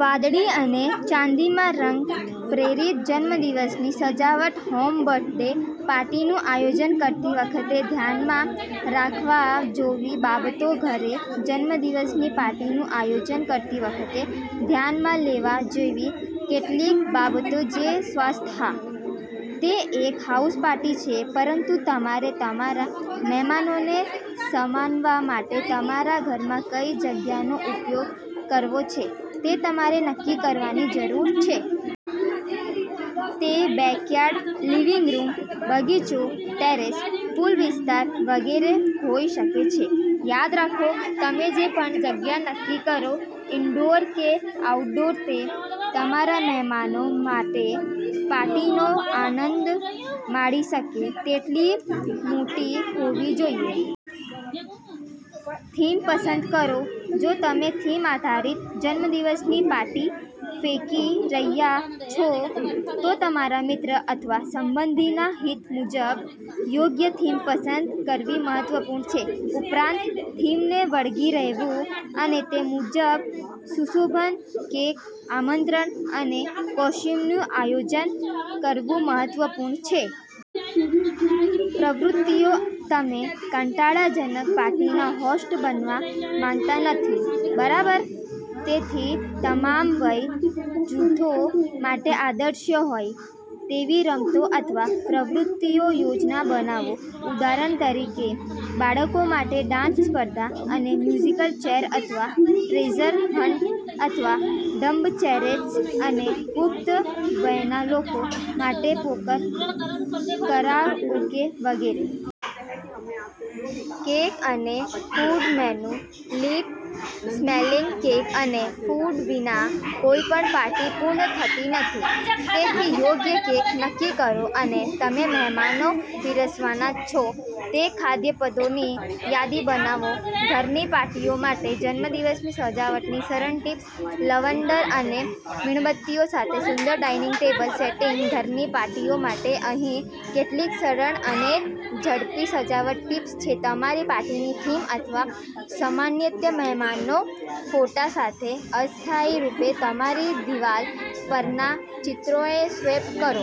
વાદળી અને ચાંદીમાં રંગ-પ્રેરિત જન્મદિવસની સજાવટ હોમ બર્થડે પાર્ટીનું આયોજન કરતી વખતે ધ્યાનમાં રાખવા જોવી બાબતો ઘરે જન્મદિવસની પાર્ટીનું આયોજન કરતી વખતે ધ્યાનમાં લેવા જેવી કેટલીક બાબતો છે સ્થાન હા, તે એક હાઉસ પાર્ટી છે પરંતુ તમારે તમારા મહેમાનોને સમાવવા માટે તમારા ઘરમાં કઈ જગ્યાનો ઉપયોગ કરવો છે તે તમારે નક્કી કરવાની જરૂર છે. તે બેકયાર્ડ, લિવિંગ રૂમ, બગીચો, ટેરેસ, પૂલ વિસ્તાર વગેરે હોઈ શકે છે. યાદ રાખો, તમે જે પણ જગ્યા નક્કી કરો- ઇન્ડોર કે આઉટડોર, તે તમારા મહેમાનો માટે પાર્ટીનો આનંદ માણી શકે તેટલી મોટી હોવી જોઈએ. થીમ પસંદ કરો જો તમે થીમ આધારિત જન્મદિવસની પાર્ટી ફેંકી રહ્યા છો, તો તમારા મિત્ર અથવા સંબંધીના હિત મુજબ યોગ્ય થીમ પસંદ કરવી મહત્વપૂર્ણ છે. ઉપરાંત, થીમને વળગી રહેવું અને તે મુજબ સુશોભન, કેક, આમંત્રણ અને કોસ્ચ્યુમનું આયોજન કરવું મહત્વપૂર્ણ છે. પ્રવૃત્તિઓ તમે કંટાળાજનક પાર્ટીના હોસ્ટ બનવા માંગતા નથી, બરાબર? તેથી, તમામ વય જૂથો માટે આદર્શ હોય તેવી રમતો અથવા પ્રવૃત્તિઓની યોજના બનાવો. ઉદાહરણ તરીકે, બાળકો માટે ડાન્સ સ્પર્ધા અથવા મ્યુઝિકલ ચેર અથવા ટ્રેઝર હન્ટ અથવા ડમ્બ ચૅરેડ્સ અને પુખ્ત વયના લોકો માટે પોકર, કરાઓકે વગેરે. કેક અને ફૂડ મેનૂ લિપ-સ્મેશિંગ કેક અને ફૂડ વિના કોઈપણ પાર્ટી પૂર્ણ થતી નથી. તેથી, યોગ્ય કેક નક્કી કરો અને તમે મહેમાનોને પીરસવાના છો તે ખાદ્યપદાર્થોની યાદી બનાવો. ઘરની પાર્ટીઓ માટે જન્મદિવસની સજાવટની સરળ ટિપ્સ લવંડર અને મીણબત્તીઓ સાથે સુંદર ડાઇનિંગ ટેબલ સેટિંગ ઘરની પાર્ટીઓ માટે અહીં કેટલીક સરળ અને ઝડપી સજાવટ ટિપ્સ છે તમારી પાર્ટીની થીમ અથવા સન્માનિત મહેમાનોના ફોટા સાથે અસ્થાયી રૂપે તમારી દિવાલ પરના ચિત્રોને સ્વેપ કરો.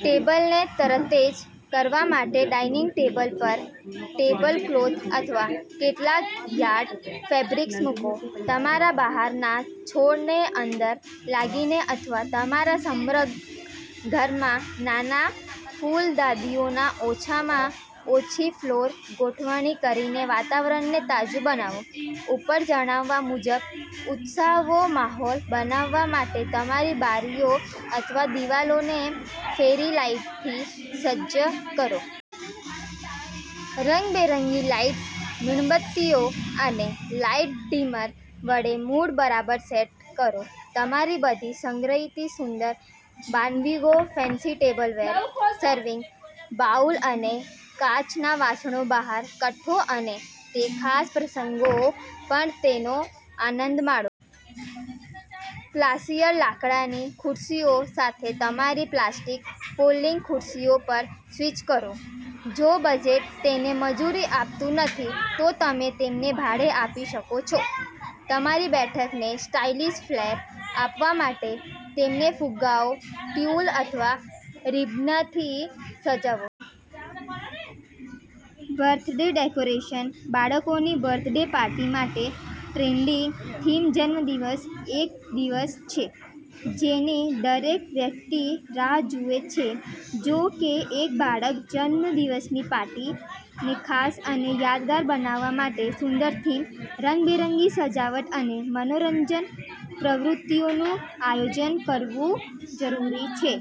ટેબલને તરતતેજ કરવા માટે ડાઇનિંગ ટેબલ પર ટેબલક્લોથ અથવા કેટલાક યાર્ડ ફેબ્રિક મૂકો. તમારા બહારના છોડને અંદર લાવીને અથવા તમારા સમગ્ર ઘરમાં નાના ફૂલદાનીઓમાં ઓછામાં ઓછી ફ્લોરલ ગોઠવણી કરીને વાતાવરણને તાજું બનાવો. ઉપર જણાવ્યા મુજબ, ઉત્સવનો માહોલ બનાવવા માટે તમારી બારીઓ અથવા દિવાલોને ફેરી લાઇટથી સજ્જ કરો. રંગબેરંગી લાઇટ્સ, મીણબત્તીઓ અને લાઇટ ડિમર વડે મૂડ બરાબર સેટ કરો. તમારી બધી સંગ્રહિત સુંદર વાનગીઓ, ફેન્સી ટેબલવેર, સર્વિંગ બાઉલ અને કાચનાં વાસણો બહાર કાઢો અને તે ખાસ પ્રસંગો પર તેનો આનંદ માણો. ક્લાસિયર લાકડાની ખુરશીઓ સાથે તમારી પ્લાસ્ટિક ફોલ્ડિંગ ખુરશીઓ પર સ્વિચ કરો. જો બજેટ તેને મંજૂરી આપતું નથી, તો તમે તેમને ભાડે આપી શકો છો. તમારી બેઠકને સ્ટાઇલિશ ફ્લેર આપવા માટે તેમને ફુગ્ગાઓ, ટ્યૂલ અથવા રિબનથી સજાવો. બર્થડે ડેકોરેશન બાળકોની બર્થડે પાર્ટી માટે ટ્રેન્ડિંગ થીમ્સ જન્મદિવસ એક દિવસ છે જેની દરેક વ્યક્તિ રાહ જુએ છે. જો કે, એક બાળક જન્મદિવસની પાર્ટીને ખાસ અને યાદગાર બનાવવા માટે સુંદર થીમ, રંગબેરંગી સજાવટ અને મનોરંજક પ્રવૃત્તિઓનું આયોજન કરવું જરૂરી છે.